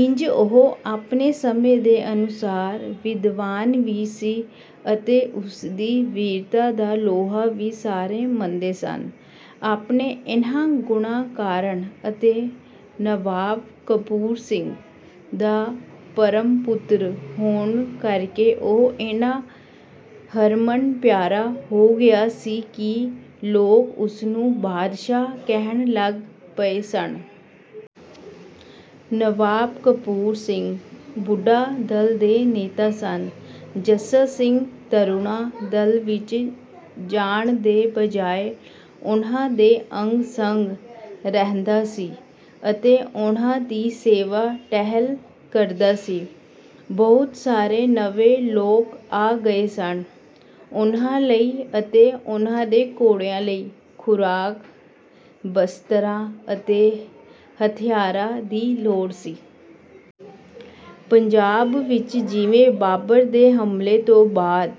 ਇੰਜ ਉਹ ਆਪਣੇ ਸਮੇਂ ਦੇ ਅਨੁਸਾਰ ਵਿਦਵਾਨ ਵੀ ਸੀ ਅਤੇ ਉਸਦੀ ਵੀਰਤਾ ਦਾ ਲੋਹਾ ਵੀ ਸਾਰੇ ਮੰਨਦੇ ਸਨ। ਆਪਣੇ ਇਹਨਾਂ ਗੁਣਾਂ ਕਾਰਨ ਅਤੇ ਨਵਾਬ ਕਪੂਰ ਸਿੰਘ ਦਾ ਧਰਮ-ਪੁੱਤਰ ਹੋਣ ਕਰਕੇ ਉਹ ਇੰਨਾ ਹਰਮਨ-ਪਿਆਰਾ ਹੋ ਗਿਆ ਸੀ ਕਿ ਲੋਕ ਉਸਨੂੰ 'ਬਾਦਸ਼ਾਹ' ਕਹਿਣ ਲੱਗ ਪਏ ਸਨ। ਨਵਾਬ ਕਪੂਰ ਸਿੰਘ ਬੁੱਢਾ-ਦਲ ਦੇ ਨੇਤਾ ਸਨ। ਜੱਸਾ ਸਿੰਘ ਤਰੁਣਾ-ਦਲ ਵਿੱਚ ਜਾਣ ਦੇ ਬਜਾਏ ਉਹਨਾਂ ਦੇ ਅੰਗ-ਸੰਗ ਰਹਿੰਦਾ ਸੀ ਅਤੇ ਉਹਨਾਂ ਦੀ ਸੇਵਾ-ਟਹਿਲ ਕਰਦਾ ਸੀ। ਬਹੁਤ ਸਾਰੇ ਨਵੇਂ ਲੋਕ ਆ ਗਏ ਸਨ। ਉਹਨਾਂ ਲਈ ਅਤੇ ਉਹਨਾਂ ਦੇ ਘੋੜਿਆਂ ਲਈ ਖੁਰਾਕ, ਬਸਤਰਾਂ ਅਤੇ ਹਥਿਆਰਾਂ ਦੀ ਲੋੜ ਸੀ। ਪੰਜਾਬ ਵਿੱਚ ਜਿਵੇਂ ਬਾਬਰ ਦੇ ਹਮਲੇ ਤੋਂ ਬਾਅਦ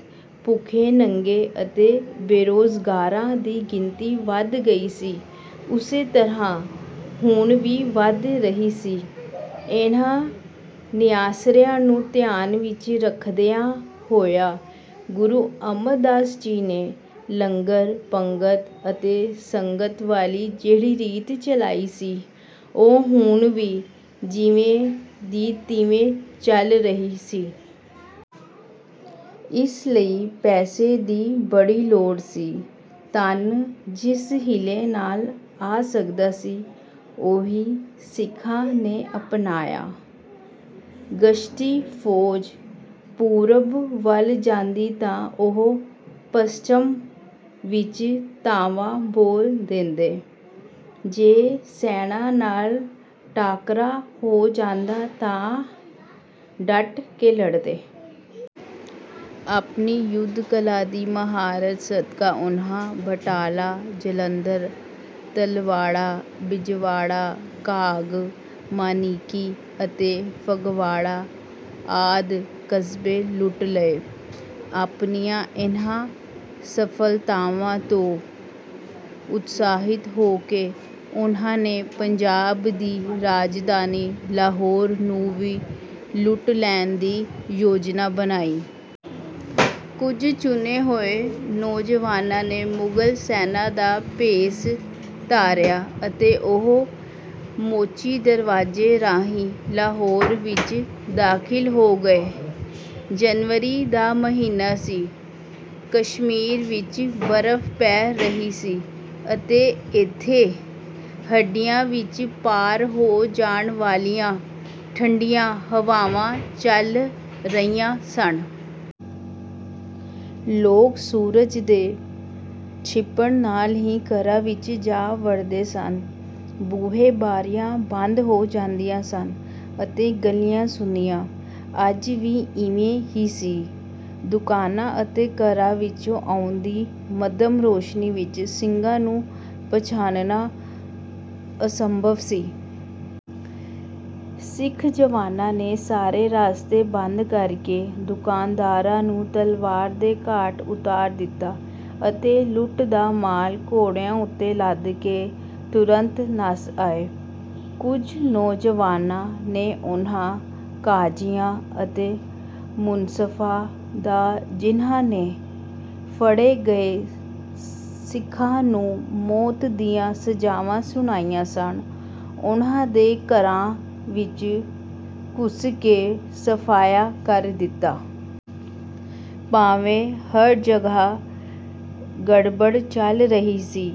ਭੁੱਖੇ-ਨੰਗੇ ਅਤੇ ਬੇਰੁਜ਼ਗਾਰਾਂ ਦੀ ਗਿਣਤੀ ਵਧ ਗਈ ਸੀ ਉਸੇ ਤਰ੍ਹਾਂ ਹੁਣ ਵੀ ਵਧ ਰਹੀ ਸੀ। ਇਹਨਾਂ ਨਿਆਸਰਿਆਂ ਨੂੰ ਧਿਆਨ ਵਿੱਚ ਰੱਖਦਿਆਂ ਹੋਇਆਂ ਗੁਰੂ ਅਮਰਦਾਸ ਜੀ ਨੇ ਲੰਗਰ, ਪੰਗਤ ਅਤੇ ਸੰਗਤ ਵਾਲੀ ਜਿਹੜੀ ਰੀਤ ਚਲਾਈ ਸੀ ਉਹ ਹੁਣ ਵੀ ਜਿਵੇਂ ਦੀ ਤਿਵੇਂ ਚੱਲ ਰਹੀ ਸੀ। ਇਸ ਲਈ ਪੈਸੇ ਦੀ ਬੜੀ ਲੋੜ ਸੀ। ਧਨ ਜਿਸ ਹੀਲੇ ਨਾਲ ਆ ਸਕਦਾ ਸੀ ਉਹੀ ਸਿੱਖਾਂ ਨੇ ਅਪਣਾਇਆ। ਗਸ਼ਤੀ ਫੌਜ ਪੂਰਬ ਵੱਲ ਜਾਂਦੀ ਤਾਂ ਉਹ ਪੱਛਮ ਵਿੱਚ ਧਾਵਾ ਬੋਲ ਦਿੰਦੇ। ਜੇ ਸੈਨਾਂ ਨਾਲ ਟਾਕਰਾ ਹੋ ਜਾਂਦਾ ਤਾਂ ਡਟ ਕੇ ਲੜਦੇ। ਆਪਣੀ ਯੁੱਧ-ਕਲਾ ਦੀ ਮੁਹਾਰਤ ਸਦਕਾ ਉਹਨਾਂ ਬਟਾਲਾ, ਜਲੰਧਰ, ਤਲਵਾੜਾ, ਬਿਜਵਾੜਾ, ਘਾਗ, ਮਾਨਿਕੀ ਅਤੇ ਫਗਵਾੜਾ ਆਦਿ ਕਸਬੇ ਲੁੱਟ ਲਏ। ਆਪਣੀਆਂ ਇਹਨਾਂ ਸਫਲਤਾਵਾਂ ਤੋਂ ਉਤਸਾਹਿਤ ਹੋ ਕੇ ਉਹਨਾਂ ਨੇ ਪੰਜਾਬ ਦੀ ਰਾਜਧਾਨੀ ਲਾਹੌਰ ਨੂੰ ਵੀ ਲੁੱਟ ਲੈਣ ਦੀ ਯੋਜਨਾ ਬਣਾਈ। ਕੁਝ ਚੁਣੇ ਹੋਏ ਨੌਜਵਾਨਾਂ ਨੇ ਮੁਗਲ ਸੈਨਾਂ ਦਾ ਭੇਸ ਧਾਰਿਆ ਅਤੇ ਉਹ ਮੋਚੀ ਦਰਵਾਜ਼ੇ ਰਾਹੀਂ ਲਾਹੌਰ ਵਿੱਚ ਦਾਖਲ ਹੋ ਗਏ। ਜਨਵਰੀ ਦਾ ਮਹੀਨਾ ਸੀ। ਕਸ਼ਮੀਰ ਵਿੱਚ ਬਰਫ ਪੈ ਰਹੀ ਸੀ ਅਤੇ ਇੱਥੇ ਹੱਡੀਆਂ ਵਿੱਚ ਪਾਰ ਹੋ ਜਾਣ ਵਾਲੀਆਂ ਠੰਡੀਆਂ ਹਵਾਵਾਂ ਚੱਲ ਰਹੀਆਂ ਸਨ। ਲੋਕ ਸੂਰਜ ਦੇ ਛਿਪਣ ਨਾਲ ਹੀ ਘਰਾਂ ਵਿੱਚ ਜਾ ਵੜਦੇ ਸਨ। ਬੂਹੇ-ਬਾਰੀਆਂ ਬੰਦ ਹੋ ਜਾਂਦੀਆਂ ਸਨ ਅਤੇ ਗਲੀਆਂ ਸੁੰਨੀਆਂ। ਅੱਜ ਵੀ ਇਵੇਂ ਹੀ ਸੀ। ਦੁਕਾਨਾਂ ਅਤੇ ਘਰਾਂ ਵਿੱਚੋਂ ਆਉਂਦੀ ਮੱਧਮ ਰੌਸ਼ਨੀ ਵਿੱਚ ਸਿੰਘਾਂ ਨੂੰ ਪਛਾਣਨਾ ਅਸੰਭਵ ਸੀ। ਸਿੱਖ ਜਵਾਨਾਂ ਨੇ ਸਾਰੇ ਰਸਤੇ ਬੰਦ ਕਰਕੇ ਦੁਕਾਨਦਾਰਾਂ ਨੂੰ ਤਲਵਾਰ ਦੇ ਘਾਟ ਉਤਾਰ ਦਿੱਤਾ ਅਤੇ ਲੁੱਟ ਦਾ ਮਾਲ ਘੋੜਿਆਂ ਉੱਤੇ ਲੱਦ ਕੇ ਤੁਰੰਤ ਨੱਸ ਆਏ। ਕੁਝ ਨੌਜਵਾਨਾਂ ਨੇ ਉਹਨਾਂ ਕਾਜੀਆਂ ਅਤੇ ਮੁਨਸਫਾਂ ਦਾ ਜਿਹਨਾਂ ਨੇ ਫੜੇ ਗਏ ਸਿੱਖਾਂ ਨੂੰ ਮੌਤ ਦੀਆਂ ਸਜ਼ਾਵਾਂ ਸੁਣਾਈਆਂ ਸਨ ਉਹਨਾਂ ਦੇ ਘਰਾਂ ਵਿੱਚ ਘੁਸ ਕੇ ਸਫਾਇਆ ਕਰ ਦਿੱਤਾ। ਭਾਵੇਂ ਹਰ ਜਗ੍ਹਾ ਗੜਬੜ ਚੱਲ ਰਹੀ ਸੀ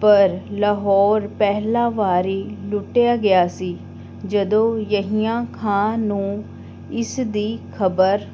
ਪਰ ਲਾਹੌਰ ਪਹਿਲੀ ਵਾਰੀ ਲੁੱਟਿਆ ਗਿਆ ਸੀ। ਜਦੋਂ ਯਹੀਆ ਖਾਂ ਨੂੰ ਇਸ ਦੀ ਖ਼ਬਰ